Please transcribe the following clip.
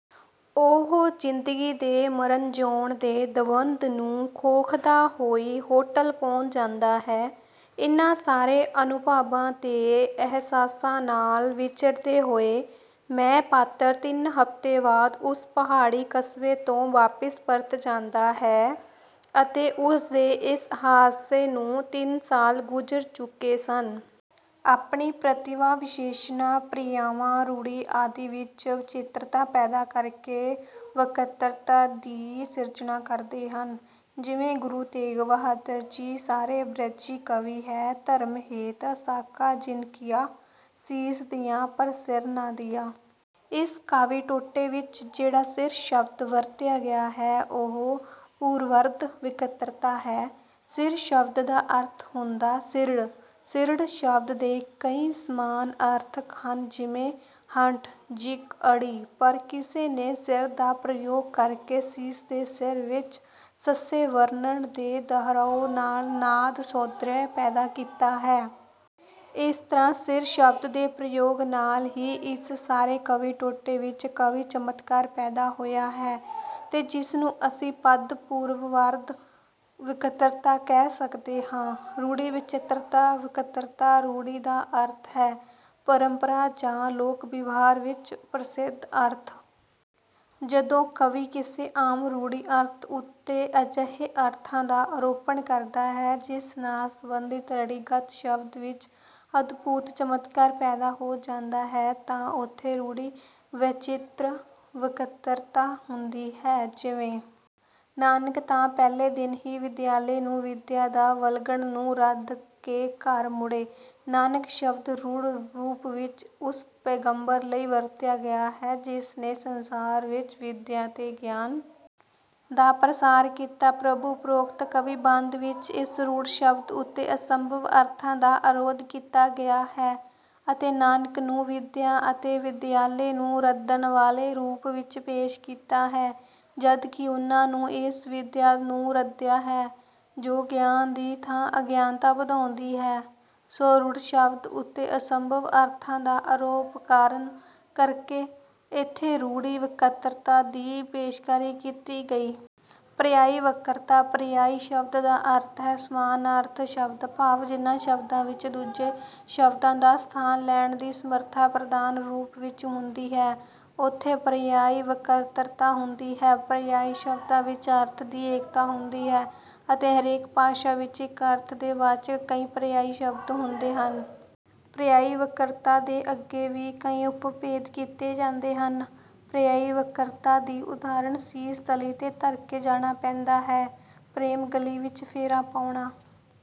ਉਹ ਜ਼ਿੰਦਗੀ ਦੇ ਮਰਣ-ਜਿਉਣ ਦੇ ਦਵੰਦ ਨੂੰ ਘੋਖਦਾ ਹੋਈ ਹੋਟਲ ਪਹੁੰਚ ਜਾਂਦਾ ਹੈ। ਇਹਨਾਂ ਸਾਰੇ ਅਨੁਭਵਾਂ ਤੇ ਅਹਿਸਾਸਾਂ ਨਾਲ ਵਿਚਰਦੇ ਹੋਏ "ਮੈਂ" ਪਾਤਰ ਤਿੰਨ ਹਫ਼ਤੇ ਬਾਅਦ ਉਸ ਪਹਾੜੀ ਕਸਬੇ ਤੋਂ ਵਾਪਿਸ ਪਰਤ ਜਾਂਦਾ ਹੈ ਅਤੇ ਉਸ ਦੇ ਇਸ ਹਾਦਸੇ ਨੂੰ ਤਿੰਨ ਸਾਲ ਗੁਜਰ ਚੁਕੇ ਸਨ। ਆਪਣੀ ਪ੍ਰਤਿਭਾ ਵਿਸ਼ੇਸਣਾ, ਪਰਿਆਵਾਂ, ਰੂੜੀ ਕਾਦਿ ਵਿੱਚ ਵਿਚਿਤ੍ਰਤਾ ਪੈਦਾ ਕਰਕੇ ਵਕ੍ਰਤਾ ਦੀ ਸਿਰਜਣਾ ਕਰਦੇ ਹਨ। ਜਿਵੇਂ ਗੁਰੂ ਤੇਗ ਬਹਾਦਰ ਜੀ ਬਾਰੇ ਬ੍ਰਜੀ ਕਵੀ ਹੈ- 'ਧਰਮ ਹੇਤ ਸਾਕਾ ਜਿਨਿ ਕੀਆ ਸੀਸ ਦੀਆ ਪਰ ਸਿਰਰ ਨਾ ਦੀਆ'। ਇਸ ਕਾਵਿ ਟੋਟੇ ਵਿੱਚ ਜਿਹੜਾ 'ਸਿਰਰ' ਸ਼ਬਦ ਵਰਤਿਆ ਗਿਆ ਹੈ ਉਹ ਪੂਰਵਾਰਧ ਵਕ੍ਰਤਾ ਹੈ। 'ਸਿਰਰ ' ਸ਼ਬਦ ਦਾ ਅਰਥ ਹੁੰਦਾ ਸਿਰੜ, ਸਿਰੜ ਸ਼ਬਦ ਦੇ ਕਈ ਸਮਾਨਆਰਥਕ ਹਨ ਜਿਵੇਂ ਹਠ, ਜ਼ਿਕ, ਅੜੀ। ਪਰ ਕਵੀ ਨੇ ਸਿਰਰ ਦਾ ਪ੍ਰਯੋਗ ਕਰਕੇ ਸੀਸ ਤੇ ਸਿਰਰ ਵਿੱਚ ਸੱਸੇ ਵਰਣ ਦੇ ਦੁਹਰਾਉ ਨਾਲ ਨਾਦ-ਸੌਂਦਰਯ ਪੈਦਾ ਕੀਤਾ ਹੈ। ਇਸ ਤਰ੍ਹਾਂ 'ਸਿਰਰ' ਸ਼ਬਦ ਦੇ ਪ੍ਰਯੋਗ ਨਾਲ ਹੀ ਇਸ ਸਾਰੇ ਕਾਵੀ ਟੋਟੇ ਵਿੱਚ ਕਾਵਿ ਚਮਤਕਾਰ ਪੈਦਾ ਹੋਇਆ ਹੈ ਤੇ ਜਿਸਨੂੰ ਅਸੀਂ ਪਦ ਪੂਰਵਾਰਧ ਵਕ੍ਰਤਾ ਕਹਿ ਸਕਦੇ ਹਾਂ। ਰੂੜੀ ਵੈਚਿਤ੍ਰ ਵਕ੍ਰਤਾ ਰੂੜੀ ਦਾ ਅਰਥ ਹੈ ਪਰੰਪਰਾ ਜਾਂ 'ਲੋਕ-ਵਿਵਹਾਰ' ਵਿੱਚ ਪ੍ਰਸਿੱਧ ਅਰਥ। ਜਦੋਂ ਕਵੀ ਕਿਸੇ ਆਮ ਰੂੜੀ ਅਰਥ ਉੱਤੇ ਅਜਿਹੇ ਅਰਥਾਂ ਦਾ ਆਰੋਪਣ ਕਰਦਾ ਹੈ, ਜਿਸ ਨਾਲ ਸੰਬੰਧਿਤ ਰੂੜੀਗਤ ਸ਼ਬਦ ਵਿੱਚ ਅਦਭੂਤ ਚਮਤਕਾਰ ਪੈਦਾ ਹੋ ਜਾਂਦਾ ਹੈ ਤਾਂ ਉੱਥੇ ਰੂੜੀ ਵੈਚਿਤ੍ਰ ਵਕ੍ਰਤਾ ਹੁੰਦੀ ਹੈ ਜਿਵੇਂ- "ਨਾਨਕ ਤਾਂ ਪਹਿਲੇ ਦਿਨ ਹੀ ਵਿਦਿਆਲੇ ਨੂੰ ਵਿਦਿਆ ਦੀ ਵਲਗਣ ਨੂੰ ਰੱਦ ਕੇ ਘਰ ਮੁੜੇ" 'ਨਾਨਕ' ਸ਼ਬਦ ਰੂੜ ਰੂਪ ਵਿੱਚ ਉਸ ਪੈਗੰਬਰ ਲਈ ਵਰਤਿਆ ਗਿਆ ਹੈ ਜਿਸ ਨੇ ਸੰਸਾਰ ਵਿੱਚ ਵਿਦਿਆ ਤੇ ਗਿਆਨ ਦਾ ਪ੍ਰਸਾਰ ਕੀਤਾ ਪ੍ਰਭੂ ਉਪਰੋਕਤ ਕਾਵਿ-ਬੰਦ ਵਿੱਚ ਇਸ ਰੂੜ ਸ਼ਬਦ ਉੱਤੇ ਅਸੰਭਵ-ਅਰਥਾਂ ਦਾ ਆਰੋਧ ਕੀਤਾ ਗਿਆ ਹੈ ਅਤੇ 'ਨਾਨਕ' ਨੂੰ ਵਿਦਿਆ ਅਤੇ ਵਿਦਿਆਲੇ ਨੂੰ ਰੱਦਣ ਵਾਲੇ ਰੂਪ ਵਿੱਚ ਪੇਸ਼ ਕੀਤਾ ਹੈ ਜਦ ਕਿ ਉਹਨਾਂ ਨੇ ਇਸ ਵਿਦਿਆ ਨੂੰ ਰੱਦਿਆ ਹੈ ਜੋ ਗਿਆਨ ਦੀ ਥਾਂ ਅਗਿਆਨਤਾ ਵਧਾਉਂਦੀ ਹੈ, ਸੋ ਰੂੜ ਸ਼ਬਦ ਉੱਤੇ ਅਸੰਭਵ ਅਰਥਾਂ ਦਾ ਆਰੋਪ ਕਰਨ ਕਰਕੇ ਇੱਥੇ ਰੂੜੀ ਵਕ੍ਰਤਾ ਦੀ ਪੇਸ਼ਕਾਰੀ ਕੀਤੀ ਗਈ। ਪਰਿਆਇ ਵਕ੍ਰਤਾ ਪਰਿਆਇ ਸ਼ਬਦ ਦਾ ਅਰਥ ਹੈ 'ਸਮਾਨਾਰਥਕ ਸ਼ਬਦ' ਭਾਵ ਜਿਨ੍ਹਾਂ ਸ਼ਬਦਾਂ ਵਿੱਚ ਦੂਜੇ ਸ਼ਬਦਾਂ ਦਾ ਸਥਾਨ ਲੈਣ ਦੀ ਸਮਰਥਾ ਪ੍ਰਧਾਨ ਰੂਪ ਵਿੱਚ ਹੁੰਦੀ ਹੈ, ਉੱਥੇ ਪਰਿਆਇ ਵਕ੍ਰਤਾ ਹੁੰਦੀ ਹੈ। ਪਰਿਆਇ ਸ਼ਬਦਾਂ ਵਿੱਚ ਅਰਥ ਦੀ ਏਕਤਾ ਹੁੰਦੀ ਹੈ ਅਤੇ ਹਰੇਕ ਭਾਸ਼ਾ ਵਿੱਚ ਇਕ ਅਰਥ ਦੇ ਵਾਚਕ ਕਈ ਪਰਿਆਇ ਸ਼ਬਦ ਹੁੰਦੇ ਹਨ। ਪਰਿਆਇ ਵਕ੍ਰਤਾ ਦੇ ਅੱਗੇ ਵੀ ਕਈ ਉਪਭੇਦ ਕੀਤੇ ਜਾਂਦੇ ਹਨ। ਪਰਿਆਇ ਵਕ੍ਰਤਾ ਦੀ ਉਦਾਹਰਣ- "ਸੀਸ ਤਲੀ ਤੇ ਧਰਕੇ ਜਾਣਾ ਪੈਂਦਾ ਹੈ, ਪ੍ਰੇਮ ਗਲੀ ਵਿੱਚ ਫੇਰਾ ਪਾਉਣਾ"